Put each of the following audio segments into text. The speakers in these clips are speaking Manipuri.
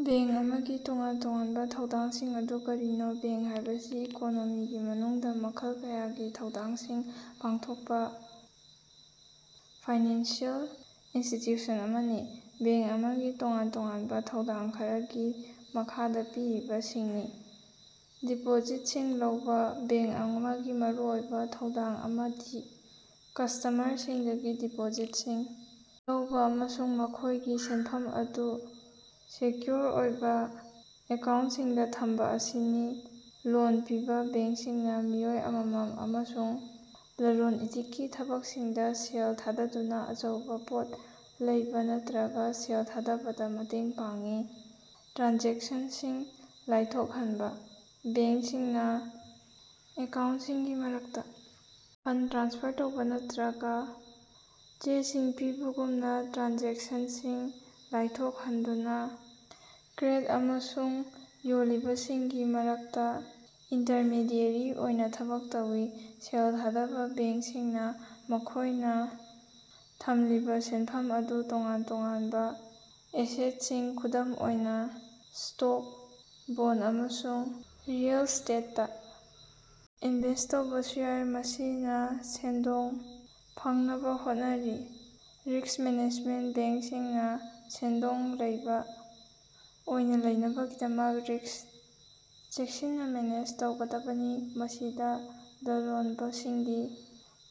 ꯕꯦꯡ ꯑꯃꯒꯤ ꯇꯣꯉꯥꯟ-ꯇꯣꯉꯥꯟꯕ ꯊꯧꯗꯥꯡꯁꯤꯡ ꯑꯗꯨ ꯀꯔꯤꯅꯣ? ꯕꯦꯡ ꯍꯥꯏꯕꯁꯤ ꯏꯀꯣꯅꯣꯃꯤꯒꯤ ꯃꯅꯨꯡꯗꯥ ꯃꯈꯜ ꯀꯌꯥꯒꯤ ꯊꯧꯗꯥꯡꯁꯤꯡ ꯄꯥꯡꯊꯣꯛꯄ ꯐꯥꯏꯅꯥꯟꯁꯤꯑꯦꯜ ꯏꯟꯁꯇꯤꯇꯌꯨꯁꯟ ꯑꯃꯅꯤ꯫ ꯕꯦꯡ ꯑꯃꯒꯤ ꯇꯣꯉꯥꯟ-ꯇꯣꯉꯥꯟꯕ ꯊꯧꯗꯥꯡ ꯈꯔꯒꯤ ꯃꯈꯥꯗ ꯄꯤꯔꯤꯕꯁꯤꯡꯁꯤꯅꯤ: ꯗꯤꯄꯣꯖꯤꯠꯁꯤꯡ ꯂꯧꯕ: ꯕꯦꯡ ꯑꯃꯒꯤ ꯃꯔꯨꯑꯣꯏꯕ ꯊꯧꯗꯥꯡ ꯑꯃꯗꯤ ꯀꯁ꯭ꯇꯝꯃꯔꯁꯤꯡꯗꯒꯤ ꯗꯤꯄꯣꯖꯤꯠꯁꯤꯡ ꯂꯧꯕ ꯑꯃꯁꯨꯡ ꯃꯈꯣꯏꯒꯤ ꯁꯦꯟꯐꯝ ꯑꯗꯨ ꯁꯦꯀꯌꯨꯑꯣꯔ ꯑꯣꯏꯕ ꯑꯦꯀꯥꯎꯟꯇꯁꯤꯡꯗ ꯊꯝꯕ ꯑꯁꯤꯅꯤ꯫ ꯂꯣꯟ ꯄꯤꯕ: ꯕꯦꯡꯁꯤꯡꯅ ꯃꯤꯑꯣꯏ ꯑꯃꯃꯝ ꯑꯃꯁꯨꯡ ꯂꯂꯣꯟ-ꯏꯇꯤꯛꯀꯤ ꯊꯕꯛꯁꯤꯡꯗ ꯁꯦꯜ ꯊꯥꯗꯗꯨꯅ ꯑꯆꯧꯕ ꯄꯣꯠ ꯂꯩꯕ ꯅꯠꯇꯔꯒ ꯁꯦꯜ ꯊꯥꯗꯕꯗ ꯃꯇꯦꯡ ꯄꯥꯡꯏ꯫ ꯇ꯭ꯔꯥꯟꯖꯦꯛꯁꯟꯁꯤꯡ ꯂꯥꯏꯊꯣꯛꯍꯟꯕ: ꯕꯦꯡꯁꯤꯡꯅ ꯑꯦꯀꯥꯎꯟꯇꯁꯤꯡꯒꯤ ꯃꯔꯛꯇꯥ ꯐꯟꯗ ꯇ꯭ꯔꯥꯟꯁꯐꯔ ꯇꯧꯕ ꯅꯠꯇꯔꯒ ꯆꯦꯁꯤꯡ ꯄꯤꯕꯒꯨꯝꯕ ꯇ꯭ꯔꯥꯟꯖꯦꯛꯁꯟꯁꯤꯡ ꯂꯥꯏꯊꯣꯍꯟꯗꯨꯅꯥ ꯀ꯭ꯔꯦꯇꯥ ꯑꯃꯁꯨꯡ ꯌꯣꯜꯂꯤꯕꯁꯤꯡꯒꯤ ꯃꯔꯛꯇ ꯏꯟꯇꯔꯃꯦꯗꯤꯑꯦꯔꯤ ꯑꯣꯏꯅ ꯊꯕꯛ ꯇꯧꯏ꯫ ꯁꯦꯜ ꯊꯥꯗꯕ ꯕꯦꯡꯁꯤꯡꯅ ꯃꯈꯣꯏꯅ ꯊꯝꯂꯤꯕ ꯁꯦꯟꯐꯝ ꯑꯗꯨ ꯇꯣꯉꯥꯟ ꯇꯣꯉꯥꯟꯕꯥ ꯑꯦꯁꯦꯠꯁꯤꯡ, ꯈꯨꯗꯝ ꯑꯣꯏꯅ ꯁ꯭ꯇꯣꯛ, ꯕꯣꯟꯗ, ꯑꯃꯁꯨꯡ ꯔꯤꯑꯦꯜ ꯏꯁ꯭ꯇꯦꯠꯇꯥ ꯏꯟꯚꯦꯁ꯭ꯠ ꯇꯧꯕꯁꯨ ꯌꯥꯏ, ꯃꯁꯤꯅ ꯁꯦꯟꯗꯣꯡ ꯐꯪꯅꯕ ꯍꯣꯠꯅꯔꯤ꯫ ꯔꯤꯁ꯭ꯛ ꯃꯦꯅꯦꯖꯃꯦꯟꯇ: ꯕꯦꯡꯁꯤꯡꯅꯥ ꯁꯦꯟꯗꯣꯡ ꯂꯩꯕ ꯑꯣꯏꯅꯥ ꯂꯩꯅꯕꯒꯤꯗꯃꯛ ꯔꯤꯁ꯭ꯛ ꯆꯦꯛꯁꯤꯟꯅꯥ ꯃꯦꯅꯦꯖ ꯇꯧꯒꯗꯕꯅꯤ, ꯃꯁꯤꯗꯥ ꯂꯂꯣꯟꯕꯁꯤꯡꯒꯤ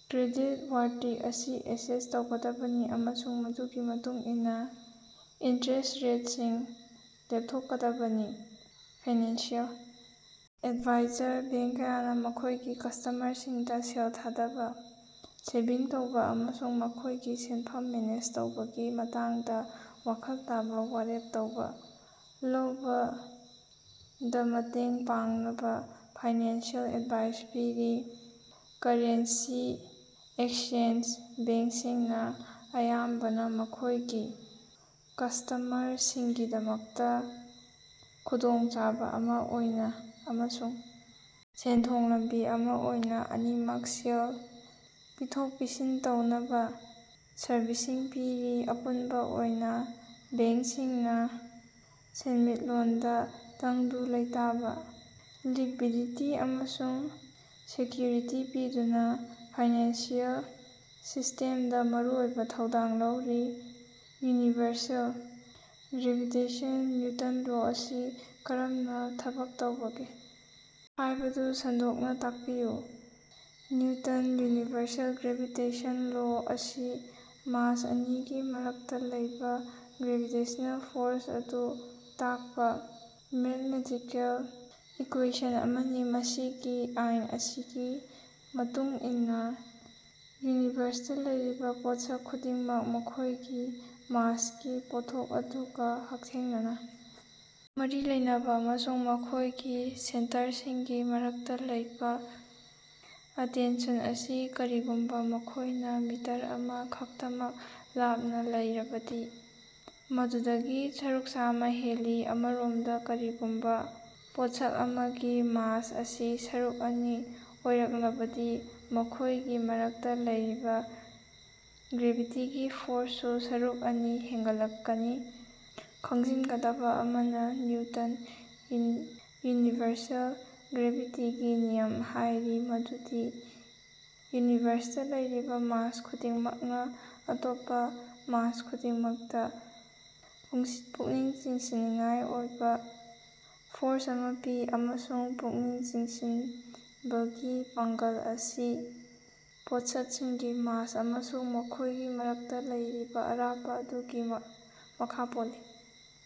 ꯀ꯭ꯔꯦꯗꯤꯠ ꯋꯥꯔꯇꯤ ꯑꯁꯤ ꯑꯦꯁꯦꯁ ꯇꯧꯒꯗꯕꯅꯤ ꯑꯃꯁꯨꯡ ꯃꯗꯨꯒꯤ ꯃꯇꯨꯡ ꯏꯟꯅ ꯏꯟꯇꯔꯦꯁ ꯔꯦꯠꯁꯤꯡ ꯂꯦꯞꯊꯣꯛꯀꯗꯕꯅꯤ꯫ ꯐꯥꯏꯅꯥꯟꯁꯤꯑꯦꯜ ꯑꯦꯗꯚꯥꯏꯖꯔ: ꯕꯦꯡ ꯀꯌꯥꯅ ꯃꯈꯣꯏꯒꯤ ꯀꯁ꯭ꯇꯝꯃꯔꯁꯤꯡꯗ ꯁꯦꯜ ꯊꯥꯗꯕ, ꯁꯦꯚꯤꯡ ꯇꯧꯕ ꯑꯃꯁꯨꯡ ꯃꯈꯣꯏꯒꯤ ꯁꯦꯟꯐꯝ ꯃꯦꯅꯦꯖ ꯇꯧꯕꯒꯤ ꯃꯇꯥꯡꯗ ꯋꯥꯈꯜ ꯇꯥꯕ ꯋꯥꯔꯦꯞ ꯂꯧꯕꯗꯥꯃꯇꯦꯡ ꯄꯥꯡꯅꯕ ꯐꯥꯏꯅꯥꯟꯁꯤꯑꯦꯜ ꯑꯦꯗꯚꯥꯏ ꯄꯤꯔꯤ꯫ ꯀꯔꯦꯟꯁꯤ ꯑꯦꯛꯁꯆꯦꯟꯖ: ꯕꯦꯡꯁꯤꯡꯅ ꯑꯌꯥꯝꯕꯅ ꯃꯈꯣꯏꯒꯤ ꯀꯁ꯭ꯇꯝꯃꯔꯁꯤꯡꯒꯤꯗꯃꯛꯇ ꯈꯨꯗꯣꯡꯆꯥꯕ ꯑꯃ ꯑꯣꯏꯅ ꯑꯃꯁꯨꯡ ꯁꯦꯟꯊꯣꯛ ꯂꯝꯕꯤ ꯑꯃ ꯑꯣꯏꯅ ꯑꯅꯤꯃꯛ ꯁꯦꯜ ꯄꯤꯊꯣꯛ-ꯄꯤꯁꯤꯟ ꯇꯧꯅꯕ ꯁꯔꯚꯤꯁꯁꯤꯡ ꯄꯤꯔꯤ꯫ ꯑꯄꯨꯟꯕꯥ ꯑꯣꯏꯅꯥ, ꯕꯦꯡꯁꯤꯡꯅꯥ ꯁꯦꯟꯃꯤꯠꯂꯣꯟꯗ ꯇꯪꯗꯨ ꯂꯩꯇꯥꯕ, ꯂꯤꯛꯕꯤꯗꯤꯇꯤ, ꯑꯃꯁꯨꯡ ꯁꯦꯀꯌꯨꯔꯤꯇꯤ ꯄꯤꯗꯨꯅꯥ ꯐꯥꯏꯅꯥꯟꯁꯤꯑꯦꯜ ꯁꯤꯁ꯭ꯇꯦꯝꯗꯥ ꯃꯔꯨꯑꯣꯏꯕ ꯊꯧꯗꯥꯡ ꯂꯧꯔꯤ꯫ ꯌꯨꯅꯤꯚꯔꯁꯦꯜ ꯒ꯭ꯔꯦꯚꯤꯇꯦꯁꯟ ꯅꯤꯎꯇꯟ ꯂꯣ ꯑꯁꯤ ꯀꯔꯝꯅꯥ ꯊꯕꯛ ꯇꯧꯕꯒꯦ ꯍꯥꯏꯕꯗꯨ ꯁꯟꯗꯣꯛꯅ ꯇꯥꯛꯄꯤꯌꯨ꯫ ꯅꯤꯎꯇꯟ ꯌꯨꯅꯤꯚꯔꯁꯦꯜ ꯒ꯭ꯔꯦꯚꯤꯇꯦꯁꯟ ꯂꯣ ꯑꯁꯤ ꯃꯥꯁ ꯑꯅꯤꯒꯤ ꯃꯔꯛꯇꯥ ꯂꯩꯕ ꯒ꯭ꯔꯦꯚꯤꯇꯦꯁꯅꯦꯜ ꯐꯣꯔꯁ ꯑꯗꯨ ꯇꯥꯛꯄ ꯃꯦꯊꯃꯦꯇꯤꯀꯦꯜ ꯏꯀ꯭ꯌꯦꯁꯟ ꯑꯃꯅꯤ꯫ ꯃꯁꯤꯒꯤ ꯑꯥꯏꯟ ꯑꯁꯤꯒꯤ ꯃꯇꯨꯡ ꯏꯟꯅꯥ ꯌꯨꯅꯤꯚꯔꯁꯇꯥ ꯂꯩꯔꯤꯕꯥ ꯄꯣꯠꯁꯛ ꯈꯨꯗꯤꯡꯃꯛ ꯃꯈꯣꯏꯒꯤ ꯃꯥꯁꯀꯤ ꯄꯣꯠꯊꯣꯛ ꯑꯗꯨꯒ ꯍꯛꯊꯦꯡꯅꯅꯥ ꯃꯔꯤ ꯂꯩꯅꯕꯥ ꯑꯃꯁꯨꯡ ꯃꯈꯣꯏꯒꯤ ꯁꯦꯟꯇꯔꯁꯤꯡꯒꯤ ꯃꯔꯛꯇꯥ ꯂꯩꯕ ꯑꯇꯦꯟꯁꯟ ꯑꯁꯤ ꯀꯔꯤꯒꯨꯝꯕꯥ ꯃꯈꯣꯏꯅ ꯃꯤꯇꯔ ꯑꯃꯥ ꯈꯛꯇꯃꯛ ꯂꯥꯞꯅ ꯂꯩꯔꯕꯗꯤ ꯃꯗꯨꯗꯒꯤ ꯁꯔꯨꯛ ꯆꯃꯥ ꯍꯦꯜꯂꯤ꯫ ꯑꯃꯔꯣꯝꯗ ꯀꯔꯤꯒꯨꯝꯕ ꯄꯣꯠꯁꯛ ꯑꯃꯒꯤ ꯃꯥꯁ ꯑꯁꯤ ꯁꯔꯨꯛ ꯑꯅꯤ ꯑꯣꯏꯔꯛꯂꯕꯗꯤ ꯃꯈꯣꯏꯒꯤ ꯃꯔꯛꯇ ꯂꯩꯔꯤꯕ ꯒ꯭ꯔꯦꯚꯤꯇꯤꯒꯤ ꯐꯣꯔꯁꯁꯨ ꯁꯔꯨꯛ ꯑꯅꯤ ꯍꯦꯒꯠꯂꯛꯀꯅꯤ꯫ ꯈꯪꯖꯤꯟꯒꯗꯕ ꯑꯃꯅ, ꯅꯤꯎꯇꯟ ꯌꯨꯅꯤꯚꯔꯁꯦꯜ ꯒ꯭ꯔꯦꯚꯤꯇꯤꯒꯤ ꯅꯤꯌꯝ ꯍꯥꯢꯔꯤ ꯃꯗꯨꯗꯤ ꯌꯨꯅꯤꯚꯔꯁꯇꯥ ꯂꯩꯔꯤꯕ ꯃꯥꯁ ꯈꯨꯗꯤꯡꯃꯛꯅ ꯑꯇꯣꯞꯄ ꯃꯥꯁ ꯈꯨꯗꯤꯡꯃꯛꯇꯥ ꯄꯨꯛꯅꯤꯡ ꯆꯤꯡꯁꯤꯟꯅꯤꯡꯉꯥꯏ ꯑꯣꯏꯕ ꯐꯣꯔꯁ ꯑꯃ ꯄꯤ, ꯑꯃꯁꯨꯡ ꯄꯨꯛꯅꯤꯡ ꯆꯤꯡꯁꯤꯟꯕꯒꯤ ꯄꯥꯡꯒꯜ ꯑꯁꯤ ꯄꯣꯠꯁꯛꯁꯤꯡꯒꯤ ꯃꯥꯁ ꯑꯃꯁꯨꯡ ꯃꯈꯣꯏꯒꯤ ꯃꯔꯛꯇ ꯂꯩꯔꯤꯕ ꯑꯔꯥꯞꯄ ꯑꯗꯨꯒꯤ ꯃꯈꯥ ꯄꯣꯜꯂꯤ꯫।